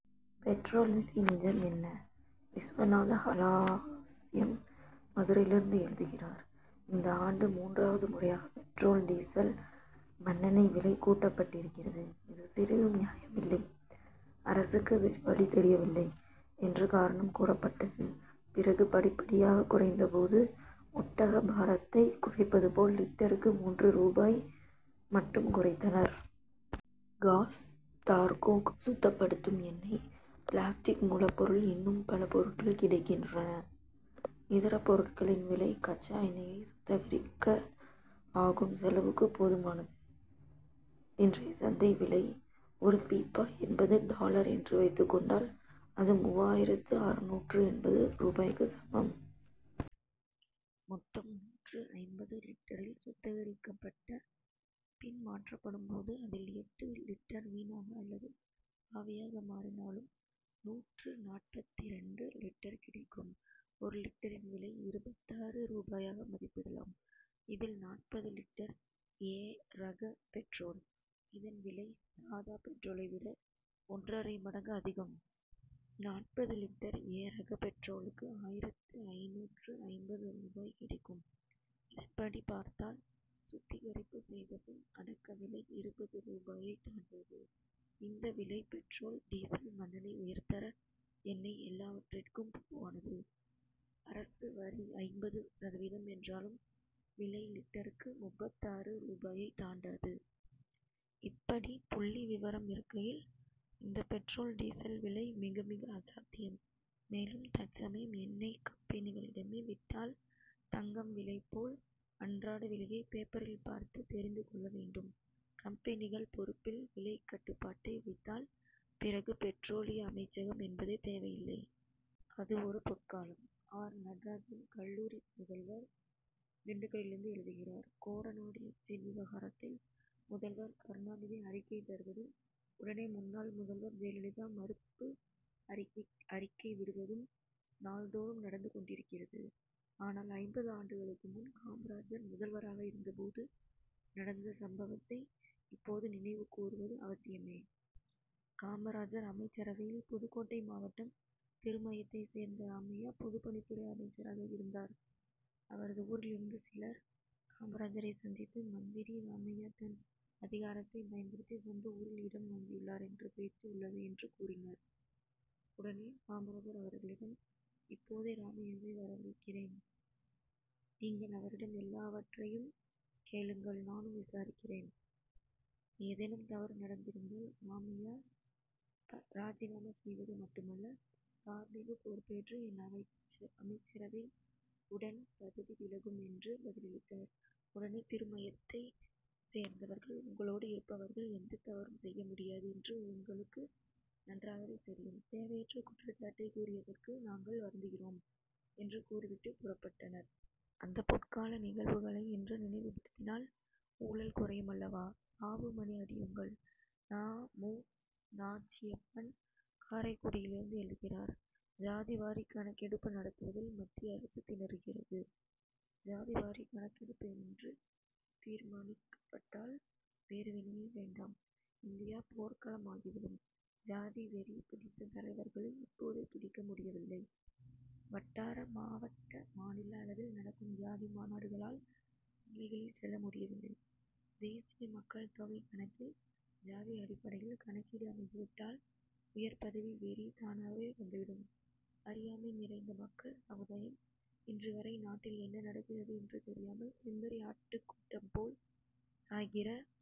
Petrol விலை நிஜம் என்ன? விஸ்வநாத ஹாலாஸ்யம், மதுரையிலிருந்து எழுதுகிறார் இந்த ஆண்டு மூன்றாவது முறையாக பெட்ரோல், டீசல், மண்ணெண்ணெய் விலை கூட்டப்பட்டிருக்கிறது. இது சிறிதும் நியாயமில்லை. அரசுக்கு வேறு வழி தெரியவில்லை என்று காரணம் கூறப்பட்டது. பிறகு படிப்படியாக குறைந்த போது, ஒட்டக பாரத்தைக் குறைப்பது போல், லிட்டருக்கு மூன்று ரூபாய் மட்டும் குறைத்தனர். காஸ், தார் கோக், சுத்தப்படுத்தும் எண்ணெய், பிளாஸ்டிக் மூலப்பொருள் இன்னும் பல பொருட்கள் கிடைக்கின்றன. இதர பொருட்களின் விலை, கச்சா எண்ணெயை சுத்திகரிக்க ஆகும் செலவுக்கு போதுமானது. இன்றைய சந்தை விலை, ஒரு பீப்பாய் எண்பது டாலர் என்று வைத்துக் கொண்டால், அது மூவாயிரத்து அறுநூற்று எண்பது ரூபாய்க்கு சமம். மொத்தம் நூற்று ஐம்பது லிட்டரில், சுத்திகரிக்கப்பட்ட பின் மாற்றப்படும் போது, அதில் எட்டு லிட்டர் வீணாக அல்லது ஆவியாக மாறினாலும், நூற்று நாற்பத்திரண்டு லிட்டர் கிடைக்கும். ஒரு லிட்டரின் விலை, இருபத்தாறு ரூபாயாக மதிப்பிடலாம். இதில் நாற்பது லிட்டர், ஏ ரக பெட்ரோல். இதன் விலை, சாதா பெட்ரோலை விட ஒன்றரை மடங்கு அதிகம். நாற்பது லிட்டர், ஏ ரக பெட்ரோலுக்கு ஆயிரத்து ஐந்நூற்று ஐம்பது ரூபாய் கிடைக்கும். இதன்படி பார்த்தால், சுத்திகரிப்பு செய்தபின், அடக்க விலை இருபது ரூபாயை தாண்டாது. இந்த விலை, பெட்ரோல், டீசல், மண்ணெண்ணெய், உயர்தர எண்ணெய் எல்லாவற்றிற்கும் பொதுவானது. அரசு வரி ஐம்பது சதவீதம் என்றாலும், விலை லிட்டருக்கு முப்பத்தாறு ரூபாயை தாண்டாது. இப்படி புள்ளி விவரம் இருக்கையில், இந்த பெட்ரோல், டீசல் விலை மிக, மிக அசாத்தியம். மேலும், தற்சமயம் எண்ணெய்க் கம்பெனிகளிடமே விட்டால், தங்கம் விலை போல், அன்றாட விலையைப் பேப்பரில் பார்த்து தெரிந்து கொள்ள வேண்டும். கம்பெனிகள் பொறுப்பில் விலைக் கட்டுப்பாட்டை வைத்தால், பிறகு பெட்ரோலிய அமைச்சகம் என்பதே தேவையில்லை. அது ஒரு பொற்காலம்! ஆர். நடராஜன், கல்லூரி முதல்வர், திண்டுக்கலிலிருந்து எழுதுகிறார் கோடநாடு எஸ்டேட் விவகாரத்தில், முதல்வர் கருணாநிதி அறிக்கை தருவதும், உடனே, முன்னாள் முதல்வர் ஜெயலலிதா மறுப்பு அறிக்கை விடுவதும், நாள் தோறும் நடந்து கொண்டிருக்கிறது. ஆனால், ஐம்பது ஆண்டுகளுக்கு முன், காமராஜர் முதல்வராக இருந்த போது நடந்த சம்பவத்தை, இப்போது நினைவு கூறுவது அவசியமே! காமராஜர் அமைச்சரவையில், புதுக்கோட்டை மாவட்டம் திருமயத்தைச் சேர்ந்த ராமையா, பொதுப்பணித்துறை அமைச்சராக இருந்தார். அவரது ஊரிலிருந்து சிலர், காமராஜரைச் சந்தித்து, மந்திரி ராமையா தன் அதிகாரத்தைப் பயன்படுத்தி, சொந்த ஊரில் இடம் வாங்கியுள்ளார் என்ற பேச்சு உள்ளது என்று கூறினர். உடனே காமராஜர் அவர்களிடம், இப்போதே ராமையாவை வரவழைக்கிறேன் நீங்கள் அவரிடம் எல்லாவற்றையும் கேளுங்கள் நானும் விசாரிக்கிறேன். ஏதேனும் தவறு நடந்திருந்தால், ராமையா ராஜினாமா செய்வது மட்டுமல்ல, தார்மீகப் பொறுப்பேற்று, என் அமைச்சரவை உடன் பதவி விலகும் என்று பதிலளித்தார். உடனே திருமயத்தைச் சேர்ந்தவர்கள், உங்களோடு இருப்பவர்கள் எந்தத் தவறும் செய்ய முடியாது என்று எங்களுக்கு நன்றாகவே தெரியும். தேவையற்ற குற்றச்சாட்டைக் கூறியதற்கு நாங்கள் வருந்துகிறோம் என்று கூறிவிட்டுப் புறப்பட்டனர். அந்தப் பொற்கால நிகழ்வுகளை இன்று நினைவுபடுத்தினால், ஊழல் குறையும் அல்லவா! சாவு மணி அடியுங்கள்! நா. மு. நாச்சியப்பன், காரைக்குடியிலிருந்து எழுதுகிறார் ஜாதிவாரிக் கணக்கெடுப்பு நடத்துவதில் மத்திய அரசு திணறுகிறது. ஜாதிவாரிக் கணக்கெடுப்பு என்று தீர்மானிக்கப்பட்டால், வேறுவினையே வேண்டாம்; இந்தியா போர்க்களம் ஆகிவிடும். ஜாதிவெறி பிடித்த தலைவர்களை, இப்போதே பிடிக்க முடியவில்லை. வட்டார, மாவட்ட, மாநில அளவில் நடக்கும் ஜாதி மாநாடுகளால், சாலைகளில் செல்ல முடியவில்லை. தேசிய மக்கள்தொகைக் கணக்கில், ஜாதி அடிப்படையில் கணக்கீடு அமைந்துவிட்டால், உயர்பதவி வெறி, தானாகவே வந்துவிடும். அறியாமை நிறைந்த மக்கள் சமுதாயம், இன்றுவரை நாட்டில் என்ன நடக்கிறது என்று தெரியாமல், செம்மறி ஆட்டுக் கூட்டம் போல், சாய்கிற